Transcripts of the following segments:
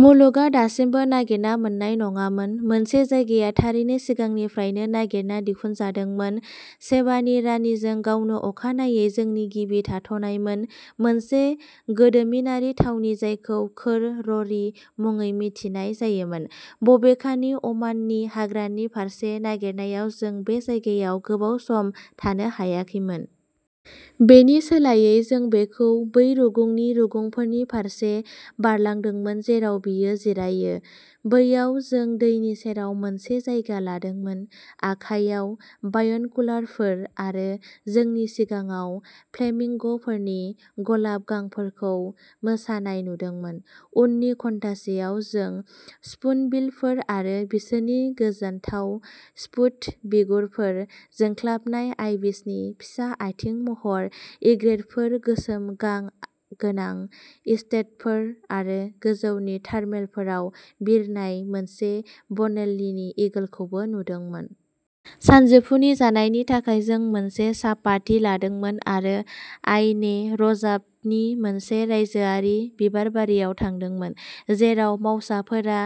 मुलुगआ दासिमबो नागिरना मोन्नाय नङामोन। मोनसे जायगाया थारैनो सिगांनिफ्रायनो नागिरना दिहुनजादोंमोन-शेबानि रानिजों गावनो-अखानायै जोंनि गिबि थाथ'नायमोन, मोनसे गोदोमिनारि थावनि जायखौ खोर र'रि मुङै मिथिनाय जायोमोन। बबेखानि, अ'माननि हाग्रानि फारसे नागिरनायाव, जों बे जायगायाव गोबाव सम थानो हायाखैमोन। बेनि सोलायै, जों बेखौ बै रुगुंनि रुगुंफोरनि फारसे बारलांदोंमोन जेराव बेयो जिरायो। बैयाव जों दैनि सेराव मोनसे जायगा लादोंमोन, आखायाव बायनकुलारफोर, आरो जोंनि सिगाङाव फ्लेमिंग'फोरनि गलाब गांफोरखौ मोसानाय नुदोंमोन। उननि घन्टासेआव, जों स्पुनबिलफोर आरो बिसोरनि गोजोनथाव स्कुपेड बिगुरफोर, जोंख्लाबनाय आइबिसनि फिसा आथिं महर, इग्रेतफोर, गोसोम गां गोनां स्टिल्टफोर आरो गोजौनि थार्मेलफोराव बिरनाय मोनसे बनेलिनि ईगलखौबो नुदोंमोन। सानजौफुनि जानायनि थाखाय, जों मोनसे चापाति लादोंमोन आरो आयने रजातनि मोनसे रायजोआरि बिबारबारियाव थांदोंमोन, जेराव मावसाफोरा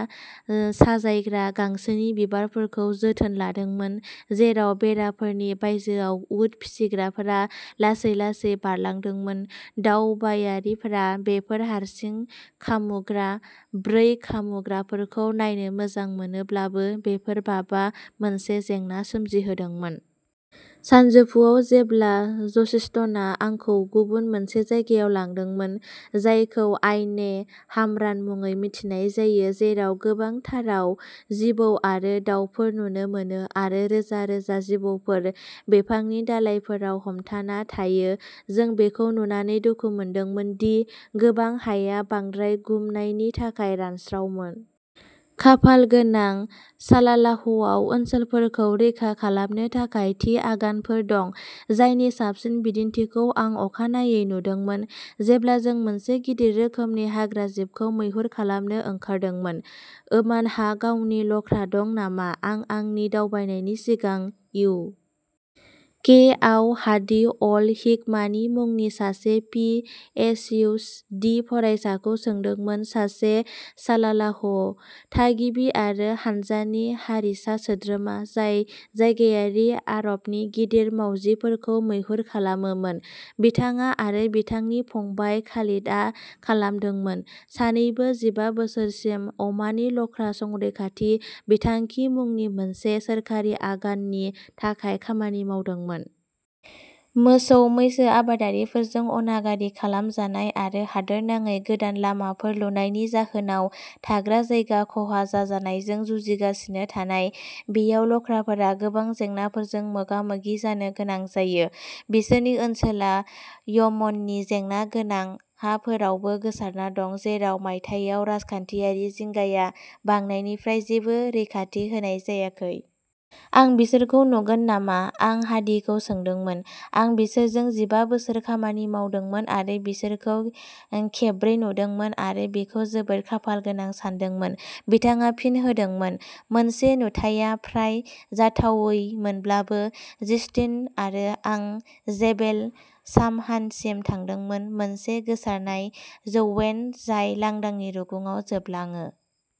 साजायग्रा गांसोनि बिबारफोरखौ जोथोन लादोंमोन, जेराव, बेराफोरनि बायजोआव, उट फिसिग्राफोरा लासै-लासै बारलांदोंमोन। दावबायारिफ्रा बेफोर हारसिं-खामुग्रा ब्रै-खामुग्राफोरखौ नायनो मोजां मोनोब्लाबो, बेफोर माबा मोनसे जेंना सोमजिहोदोंमोन। सानजौफुआव, जेब्ला जस्टिनआ आंखौ गुबुन मोनसे जायगायाव लांदोंमोन, जायखौ आयने हामरान मुङै मिथिनाय जायो, जेराव गोबांथाराव जिबौ आरो दावफोर नुनो मोनो आरो रोजा-रोजा जिबौफोर बिफांनि दालाइफोराव हमथाना थायो, जों बेखौ नुनानै दुखु मोनदोंमोन दि गोबां हाया बांद्राय गुमनायनि थाखाय रानस्रावमोन। खाफालगोनां, सालालाहआव ओनसोलफोरखौ रैखा खालामनो थाखाय थि आगानफोर दं, जायनि साबसिन बिदिन्थिखौ आं अखानायै नुदोंमोन जेब्ला जों मोनसे गिदिर रोखोमनि हाग्राजिबखौ मैहुर खालामनो ओंखारदोंमोन। "ओमानहा गावनि लख्रा दं नामा?" आं आंनि दावबायनायनि सिगां इउ. के. आव हादि अल हिकमानि मुंनि सासे पि. एइच. डि. फरायसाखौ सोंदोंमोन। सासे सालालाह थागिबि आरो हानजानि हारिसा सोद्रोमा जाय जायगायारि आरबनि गिदिर मावजिफोरखौ मैहुर खालामोमोन, बिथाङा आरो बिथांनि फंबाय खालिदआ खालामदोंमोन। सानैबो जि बा बोसोरसिम अमानि लख्रा संरैखाथि बिथांखि मुंनि मोनसे सोरखारि आगाननि थाखाय खामानि मावदोंमोन। मोसौ-मैसो आबादारिफोरजों अनागारि खालामजानाय आरो हादोरनाङै गोदान लामाफोर लुनायनि जाहोनाव थाग्रा जायगा खहा जानायजों जुजिगासिनो थानाय, बेयाव लख्राफोरा गोबां जेंनाफोरजों मोगा-मोगि जानो गोनां जायो। बिसोरनि ओनसोलआ यमननि जेंनागोनां हाफोरावबो गोसारना दं, जेराव मायथाइयाव राजखान्थियारि जिंगाया बांनायनिफ्राय जेबो रैखाथि होनाय जायाखै। "आं बिसोरखौ नुगोन नामा?" आं हादीखौ सोंदोंमोन। "आं बिसोरजों जि बा बोसोर खामानि मावदोंमोन आरो बिसोरखौ खेबब्रै नुदोंमोन-आरो बेखौ जोबोद खाफालगोनां सानदोंमोन", बिथाङा फिन होदोंमोन। मोनसे नुथाया फ्राय जाथावैमोनब्लाबो, जस्टिन आरो आं जेबेल सामहानसिम थांदोंमोन, मोनसे गोसारनाय जौयेन जाय लांदांनि रुगुङाव जोबलाङो।